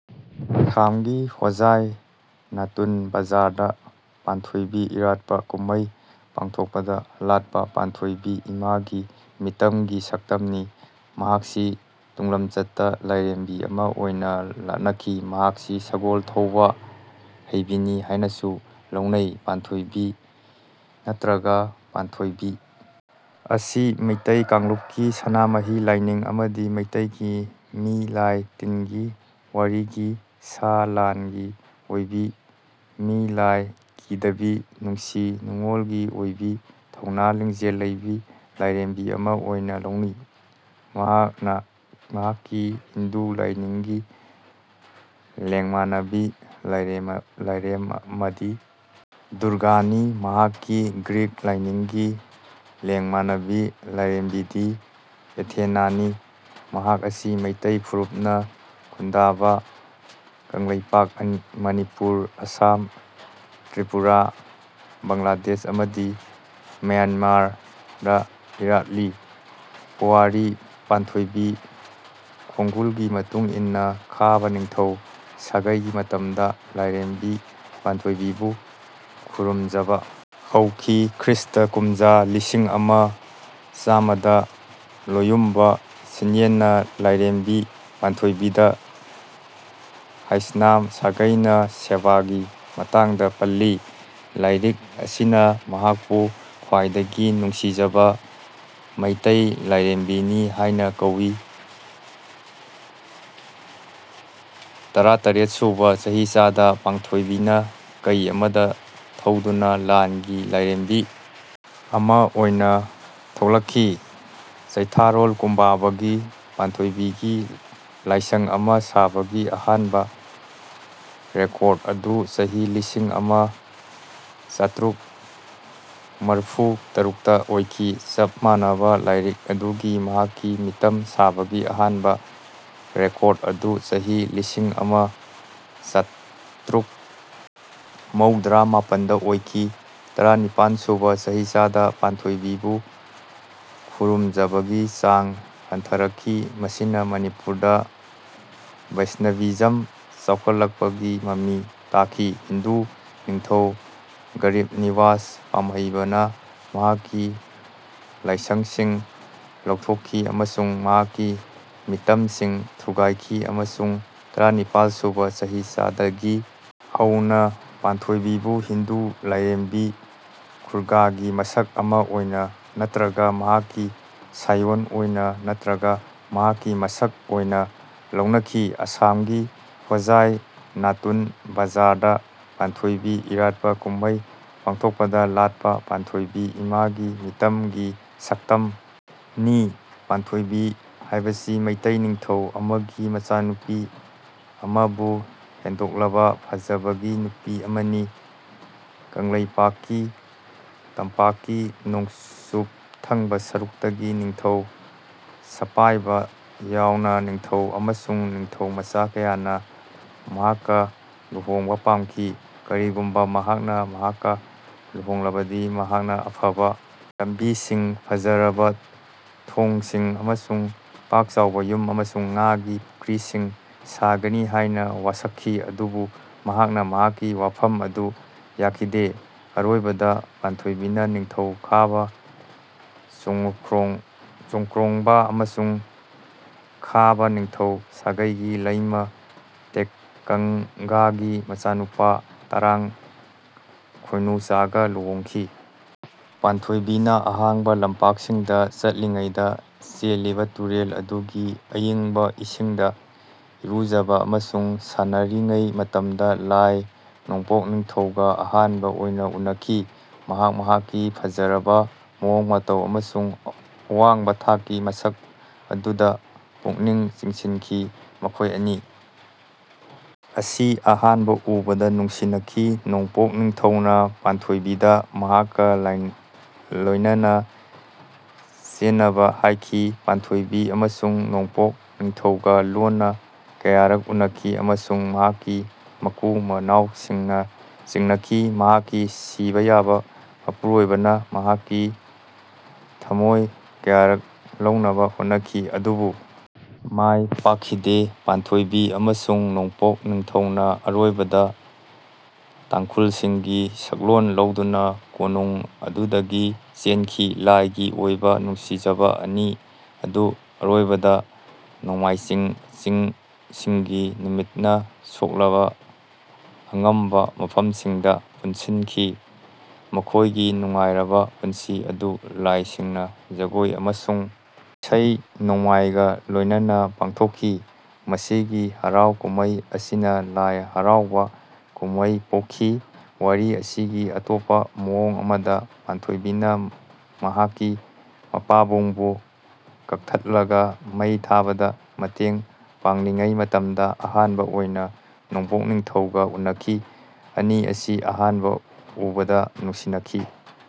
ꯑꯁꯥꯝ ꯒꯤ ꯍꯣꯖꯥꯢ ꯅꯇꯨꯟ ꯕꯖꯥꯔ ꯗ ꯄꯥꯟꯊꯣꯢꯕꯤ ꯏꯔꯥꯠꯄ ꯀꯨꯝꯍꯩ ꯄꯥꯡꯊꯣꯛꯄꯗ ꯂꯥꯠꯄ ꯄꯥꯟꯊꯣꯢꯕꯤ ꯏꯃꯥ ꯒꯤ ꯃꯤꯇꯝ ꯒꯤ ꯁꯛꯇꯝ ꯅꯤ꯫ ꯃꯍꯥꯛꯁꯤ ꯇꯨꯡꯂꯝꯆꯠꯇ ꯂꯥꯢꯔꯦꯝꯕꯤ ꯑꯃ ꯑꯣꯢꯅ ꯂꯥꯠꯅꯈꯤ꯫ ꯃꯍꯥꯛꯁꯤ ꯁꯒꯣꯜ ꯊꯧꯕ ꯍꯩꯕꯤꯅꯤ ꯍꯥꯢꯅꯁꯨ ꯂꯧꯅꯩ꯫ ꯄꯥꯟꯊꯣꯢꯄꯤ ꯅꯠꯇ꯭ꯔꯒ ꯄꯥꯟꯊꯣꯢꯕꯤ ꯑꯁꯤ ꯃꯤꯇꯩ ꯀꯥꯡꯂꯨꯞꯀꯤ ꯁꯅꯥꯃꯍꯤ ꯂꯥꯏꯅꯤꯡ ꯑꯃꯗꯤ ꯃꯩꯇꯩꯒꯤ ꯃꯤ ꯂꯥꯢ ꯇꯤꯟꯒꯤ ꯋꯥꯔꯤꯒꯤ ꯁꯥ ꯂꯥꯟ ꯒꯤ ꯑꯣꯢꯕꯤ ꯃꯤ ꯂꯥꯢ ꯀꯤꯗꯕꯤ ꯅꯨꯡꯁꯤ ꯅꯨꯡꯑꯣꯜꯒꯤ ꯑꯣꯢꯕꯤ ꯊꯧꯅꯥ ꯂꯤꯡꯖꯦꯜ ꯂꯩꯕꯤ ꯂꯥꯢꯔꯦꯝꯕꯤ ꯑꯃ ꯑꯣꯢꯅ ꯂꯧꯢ꯫ ꯃꯍꯥꯛꯅ ꯃꯍꯥꯛꯀꯤ ꯍꯤꯟꯗꯨ ꯂꯥꯢꯅꯤꯡꯒꯤ ꯂꯥꯏꯔꯦꯃꯥ ꯂꯦꯡꯃꯥꯟꯅꯕꯤ ꯂꯥꯢꯔꯦꯝꯃꯗꯤ ꯗꯨꯔꯒꯥꯅꯤ꯫ ꯃꯍꯥꯛꯀꯤ ꯒ꯭ꯔꯤꯛ ꯂꯥꯢꯅꯤꯡꯒꯤ ꯂꯦꯡꯃꯥꯟꯅꯕꯤ ꯂꯥꯢꯔꯦꯝꯕꯤꯗꯤ ꯑꯦꯊꯦꯅꯥ ꯅꯤ꯫ ꯃꯍꯥꯛ ꯑꯁꯤ ꯃꯤꯇꯩ ꯐꯨꯔꯨꯞꯅ ꯈꯨꯟꯗꯥꯕ ꯀꯪꯂꯩꯄꯥꯛ ꯃꯅꯤꯄꯨꯔ ꯑꯁꯥꯝ ꯇ꯭ꯔꯤꯄꯨꯔꯥ ꯕꯪꯂꯥꯗꯦꯁ ꯑꯃꯗꯤ ꯃ꯭ꯌꯥꯟꯃꯥꯔꯗ ꯏꯔꯥꯠꯂꯤ꯫ ꯄꯨꯋꯥꯔꯤ ꯄꯥꯟꯊꯣꯏꯕꯤ ꯈꯣꯡꯒꯨꯜꯒꯤ ꯃꯇꯨꯡ ꯏꯟꯅ ꯈꯥꯕ ꯅꯤꯡꯊꯧ ꯁꯥꯒꯩꯒꯤ ꯃꯇꯝꯗ ꯂꯥꯏꯔꯦꯝꯕꯤ ꯄꯥꯟꯊꯣꯏꯕꯤꯕꯨ ꯈꯨꯔꯨꯝꯖꯕ ꯍꯧꯈꯤ꯫ ꯈ꯭ꯔꯤꯁꯇ ꯄꯨꯝꯖꯥ ꯂꯤꯁꯤꯡ ꯑꯃ ꯆꯥꯝꯃꯗ ꯂꯣꯌꯨꯝꯕ ꯁꯤꯟꯌꯦꯟꯅ ꯂꯥꯏꯔꯦꯝꯕꯤ ꯄꯥꯟꯊꯣꯏꯕꯤꯗ ꯍꯥꯏꯁꯅꯝ ꯁꯥꯒꯩꯅ ꯁꯦꯕꯥꯒꯤ ꯃꯇꯥꯡꯗ ꯄꯜꯂꯤ꯫ ꯂꯥꯏꯔꯤꯛ ꯑꯁꯤꯅ ꯃꯍꯥꯛꯄꯨ ꯈ꯭ꯋꯥꯏꯗꯒꯤ ꯅꯨꯡꯁꯤꯖꯕ ꯃꯩꯇꯩ ꯂꯥꯏꯔꯦꯝꯕꯤꯅꯤ ꯍꯥꯏꯅ ꯀꯧꯏ꯫ ꯇꯔꯥꯇꯔꯦꯠ ꯁꯨꯕ ꯆꯍꯤꯆꯥꯗ ꯄꯥꯟꯊꯣꯏꯕꯤꯅ ꯀꯩ ꯑꯃꯗ ꯊꯧꯗꯨꯅ ꯂꯥꯟꯒꯤ ꯂꯥꯏꯔꯦꯝꯕꯤ ꯑꯃ ꯑꯣꯏꯅ ꯊꯣꯛꯂꯛꯈꯤ꯫ ꯆꯩꯊꯥꯔꯣꯜ ꯀꯨꯝꯕꯥꯕꯥꯒꯤ ꯄꯥꯟꯊꯣꯏꯕꯤꯒꯤ ꯂꯥꯏꯁꯪ ꯑꯃ ꯁꯥꯕꯒꯤ ꯑꯍꯥꯟꯕ ꯔꯦꯀꯣꯔ꯭ꯗ ꯑꯗꯨ ꯆꯍꯤ ꯂꯤꯁꯤꯡ ꯑꯃ ꯆꯥꯇ꯭ꯔꯨꯛ ꯃꯔꯐꯨ ꯇꯔꯨꯛꯇ ꯑꯣꯏꯈꯤ꯫ ꯆꯞ ꯃꯥꯟꯅꯕ ꯂꯥꯏꯔꯤꯛ ꯑꯗꯨꯒꯤ ꯃꯍꯥꯛꯀꯤ ꯃꯤꯇꯝ ꯁꯥꯕꯒꯤ ꯑꯍꯥꯟꯕ ꯔꯦꯀꯣꯔ꯭ꯗ ꯑꯗꯨ ꯆꯍꯤ ꯂꯤꯁꯤꯡ ꯑꯃ ꯆꯥꯇ꯭ꯔꯨꯛ ꯃꯧꯗ꯭ꯔꯥ ꯃꯥꯄꯟꯗ ꯑꯣꯏꯈꯤ꯫ ꯇꯔꯥꯅꯤꯄꯥꯟ ꯁꯨꯕ ꯆꯍꯤꯆꯥꯗ ꯄꯥꯟꯊꯣꯏꯕꯤꯕꯨ ꯈꯨꯔꯨꯝꯖꯕꯒꯤ ꯆꯥꯡ ꯍꯟꯊꯔꯛꯈꯤ ꯃꯁꯤꯅ ꯃꯅꯤꯄꯨꯔꯗ ꯕꯩꯁꯅꯚꯤꯖꯝ ꯆꯥꯎꯈꯠꯂꯛꯄꯒꯤ ꯃꯃꯤ ꯇꯥꯈꯤ꯫ ꯍꯤꯟꯗꯨ ꯅꯤꯡꯊꯧ ꯒꯔꯤꯕ ꯅꯤꯋꯥꯖ ꯄꯥꯝꯍꯩꯕꯥ ꯅ ꯃꯍꯥꯛꯀꯤ ꯂꯥꯏꯁꯪꯁꯤꯡ ꯂꯧꯊꯣꯛꯈꯤ ꯑꯃꯁꯨꯡ ꯃꯍꯥꯛꯀꯤ ꯃꯤꯇꯝꯁꯤꯡ ꯊꯨꯒꯥꯏꯈꯤ ꯑꯃꯁꯨꯡ ꯇꯔꯥꯅꯤꯄꯥꯜ ꯁꯨꯕ ꯆꯍꯤꯆꯥꯗꯒꯤ ꯍꯧꯅ ꯄꯥꯟꯊꯣꯏꯕꯤꯕꯨ ꯍꯤꯟꯗꯨ ꯂꯥꯏꯔꯦꯝꯕꯤ ꯗꯨꯔꯒꯥꯒꯤ ꯃꯁꯛ ꯑꯃ ꯑꯣꯏꯅ ꯅꯠꯇ꯭ꯔꯒ ꯃꯍꯥꯛꯀꯤ ꯁꯥꯌꯣꯟ ꯑꯣꯏꯅ ꯅꯠꯇ꯭ꯔꯒ ꯃꯍꯥꯛꯀꯤ ꯃꯁꯛ ꯑꯣꯏꯅ ꯂꯧꯅꯈꯤ꯫ ꯑꯁꯥꯝꯒꯤ ꯍꯣꯖꯥꯢ ꯅꯇꯨꯟ ꯕꯖꯥꯔ ꯗ ꯄꯥꯟꯊꯣꯢꯕꯤ ꯏꯔꯥꯠꯄ ꯀꯨꯝꯍꯩ ꯄꯥꯡꯊꯣꯛꯄꯗ ꯂꯥꯠꯄ ꯄꯥꯟꯊꯣꯢꯕꯤ ꯏꯃꯥ ꯒꯤ ꯃꯤꯇꯝ ꯒꯤ ꯁꯛꯇꯝ ꯅꯤ꯫ ꯄꯥꯟꯊꯣꯏꯕꯤ ꯍꯥꯏꯕꯁꯤ ꯃꯩꯇꯩ ꯅꯤꯡꯊꯧ ꯑꯃꯒꯤ ꯃꯆꯥꯅꯨꯄꯤ ꯑꯃꯥꯕꯨ ꯍꯦꯟꯗꯣꯛꯂꯕ ꯐꯖꯕꯒꯤ ꯅꯨꯄꯤ ꯑꯃꯅꯤ꯫ ꯀꯪꯂꯩꯄꯥꯛꯀꯤ ꯇꯝꯄꯥꯛꯀꯤ ꯅꯣꯡꯆꯨꯞ ꯊꯪꯕ ꯁꯔꯨꯛꯇꯒꯤ ꯅꯤꯡꯊꯧ ꯁꯄꯥꯏꯕꯥ ꯌꯥꯎꯅ ꯅꯤꯡꯊꯧ ꯑꯃꯁꯨꯡ ꯅꯤꯡꯊꯧꯃꯆꯥ ꯀꯌꯥꯅ ꯃꯍꯥꯛꯀ ꯂꯨꯍꯣꯡꯕ ꯄꯥꯝꯈꯤ꯫ ꯀꯔꯤꯒꯨꯝꯕ ꯃꯍꯥꯛꯅ ꯃꯍꯥꯛꯀ ꯂꯨꯍꯣꯡꯂꯕꯗꯤ ꯃꯍꯥꯛꯅ ꯑꯐꯕ ꯂꯝꯕꯤꯁꯤꯡ ꯐꯖꯔꯕ ꯊꯣꯡꯁꯤꯡ ꯑꯃꯁꯨꯡ ꯄꯥꯛꯆꯥꯎꯕ ꯌꯨꯝ ꯑꯃꯁꯨꯡ ꯉꯥꯒꯤ ꯄꯨꯈ꯭ꯔꯤꯁꯤꯡ ꯁꯥꯒꯅꯤ ꯍꯥꯏꯅ ꯋꯥꯁꯛꯈꯤ ꯑꯗꯨꯕꯨ ꯃꯍꯥꯛꯅ ꯃꯍꯥꯛꯀꯤ ꯋꯥꯐꯝ ꯑꯗꯨ ꯌꯥꯈꯤꯗꯦ꯫ ꯑꯔꯣꯏꯕꯗ ꯄꯥꯟꯊꯣꯏꯕꯤꯅ ꯅꯤꯡꯊꯧ ꯈꯥꯕ ꯁꯣꯃꯨꯈꯣꯡ ꯁꯣꯀ꯭ꯔꯣꯡꯕꯥ ꯑꯃꯁꯨꯡ ꯈꯥꯕꯥ ꯅꯤꯡꯊꯧ ꯁꯥꯒꯩꯒꯤ ꯂꯩꯃ ꯇꯦꯀꯪꯒꯥꯒꯤ ꯃꯆꯥꯅꯨꯄꯥ ꯇꯔꯥꯡ ꯈꯣꯏꯅꯨꯆꯥꯒ ꯂꯨꯍꯣꯡꯈꯤ꯫ ꯄꯥꯟꯊꯣꯏꯕꯤꯅ ꯑꯍꯥꯡꯕ ꯂꯝꯄꯥꯛꯁꯤꯡꯗ ꯆꯠꯂꯤꯉꯩꯗ ꯆꯦꯜꯂꯤꯕ ꯇꯨꯔꯦꯜ ꯑꯗꯨꯒꯤ ꯑꯏꯪꯕ ꯏꯁꯤꯡꯗ ꯏꯔꯨꯖꯕ ꯑꯃꯁꯨꯡ ꯁꯥꯟꯅꯔꯤꯉꯩ ꯃꯇꯝꯗ ꯂꯥꯏ ꯅꯣꯡꯄꯣꯛ ꯅꯤꯡꯊꯧꯒ ꯑꯍꯥꯟꯕ ꯑꯣꯏꯅ ꯎꯅꯈꯤ꯫ ꯃꯍꯥꯛ ꯃꯍꯥꯛꯀꯤ ꯐꯖꯔꯕ ꯃꯑꯣꯡ ꯃꯇꯧ ꯑꯃꯁꯨꯡ ꯑꯋꯥꯡꯕ ꯊꯥꯛꯀꯤ ꯃꯁꯛ ꯑꯗꯨꯗ ꯄꯨꯛꯅꯤꯡ ꯆꯤꯡꯁꯤꯟꯈꯤ꯫ ꯃꯈꯣꯏ ꯑꯅꯤ ꯑꯁꯤ ꯑꯍꯥꯟꯕ ꯎꯕꯗ ꯅꯨꯡꯁꯤꯅꯈꯤ꯫ ꯅꯣꯡꯄꯣꯛ ꯅꯤꯡꯊꯧꯅ ꯄꯥꯟꯊꯣꯏꯕꯤꯗ ꯃꯍꯥꯛꯀ ꯂꯣꯏꯅꯅ ꯆꯦꯟꯅꯕ ꯍꯥꯏꯈꯤ꯫ ꯄꯥꯟꯊꯣꯏꯕꯤ ꯑꯃꯁꯨꯡ ꯅꯣꯡꯄꯣꯛ ꯅꯤꯡꯊꯧꯒ ꯂꯣꯟꯅ ꯀꯌꯥꯔꯛ ꯎꯅꯈꯤ ꯑꯃꯁꯨꯡ ꯃꯍꯥꯛꯀꯤ ꯃꯀꯨ ꯃꯅꯥꯎꯁꯤꯡꯅ ꯆꯤꯡꯅꯈꯤ꯫ ꯃꯍꯥꯛꯀꯤ ꯁꯤꯕ ꯌꯥꯕ ꯃꯄꯨꯔꯣꯏꯕꯅ ꯃꯍꯥꯛꯀꯤ ꯊꯃꯣꯏ ꯀꯌꯥꯔꯛ ꯂꯧꯅꯕ ꯍꯣꯠꯅꯈꯤ ꯑꯗꯨꯕꯨ ꯃꯥꯏ ꯄꯥꯛꯈꯤꯗꯦ꯫ ꯄꯥꯟꯊꯣꯏꯕꯤ ꯑꯃꯁꯨꯡ ꯅꯣꯡꯄꯣꯛ ꯅꯤꯡꯊꯧꯅ ꯑꯔꯣꯏꯕꯗ ꯇꯥꯡꯈꯨꯜꯁꯤꯡꯒꯤ ꯁꯛꯂꯣꯟ ꯂꯧꯗꯨꯅ ꯀꯣꯅꯨꯡ ꯑꯗꯨꯗꯒꯤ ꯆꯦꯟꯈꯤ꯫ ꯂꯥꯏꯒꯤ ꯑꯣꯏꯕ ꯅꯨꯡꯁꯤꯖꯕ ꯑꯅꯤ ꯑꯗꯨ ꯑꯔꯣꯏꯕꯗ ꯅꯣꯡꯃꯥꯏꯆꯤꯡ ꯆꯤꯡꯁꯤꯡꯒꯤ ꯅꯨꯃꯤꯠꯅ ꯁꯣꯛꯂꯕ ꯑꯉꯝꯕ ꯃꯐꯝꯁꯤꯡꯗ ꯄꯨꯟꯁꯤꯟꯈꯤ꯫ ꯃꯈꯣꯏꯒꯤ ꯅꯨꯡꯉꯥꯏꯔꯕ ꯄꯨꯟꯁꯤ ꯑꯗꯨ ꯂꯥꯏꯁꯤꯡꯅ ꯖꯒꯣꯏ ꯑꯃꯁꯨꯡ ꯏꯁꯩ ꯅꯣꯡꯃꯥꯏꯒ ꯂꯣꯏꯅꯅ ꯄꯥꯡꯊꯣꯛꯈꯤ꯫ ꯃꯁꯤꯒꯤ ꯍꯔꯥꯎ ꯀꯨꯝꯍꯩ ꯑꯁꯤꯅ ꯂꯥꯏ ꯍꯔꯥꯎꯕꯥ ꯀꯨꯝꯍꯩ ꯄꯣꯛꯈꯤ꯫ ꯋꯥꯔꯤ ꯑꯁꯤꯒꯤ ꯑꯇꯣꯞꯄ ꯃꯑꯣꯡ ꯑꯃꯗ ꯄꯥꯟꯊꯣꯏꯕꯤꯅ ꯃꯍꯥꯛꯀꯤ ꯃꯄꯥꯕꯨꯡꯕꯨ ꯀꯛꯊꯠꯂꯒ ꯃꯩ ꯊꯥꯕꯗ ꯃꯇꯦꯡ ꯄꯥꯡꯂꯤꯉꯩ ꯃꯇꯝꯗ ꯑꯍꯥꯟꯕ ꯑꯣꯏꯅ ꯅꯣꯡꯄꯣꯛ ꯅꯤꯡꯊꯧꯒ ꯎꯅꯈꯤ꯫ ꯑꯅꯤ ꯑꯁꯤ ꯑꯍꯥꯟꯕ ꯎꯕꯗ ꯅꯨꯡꯁꯤꯅꯈꯤ꯫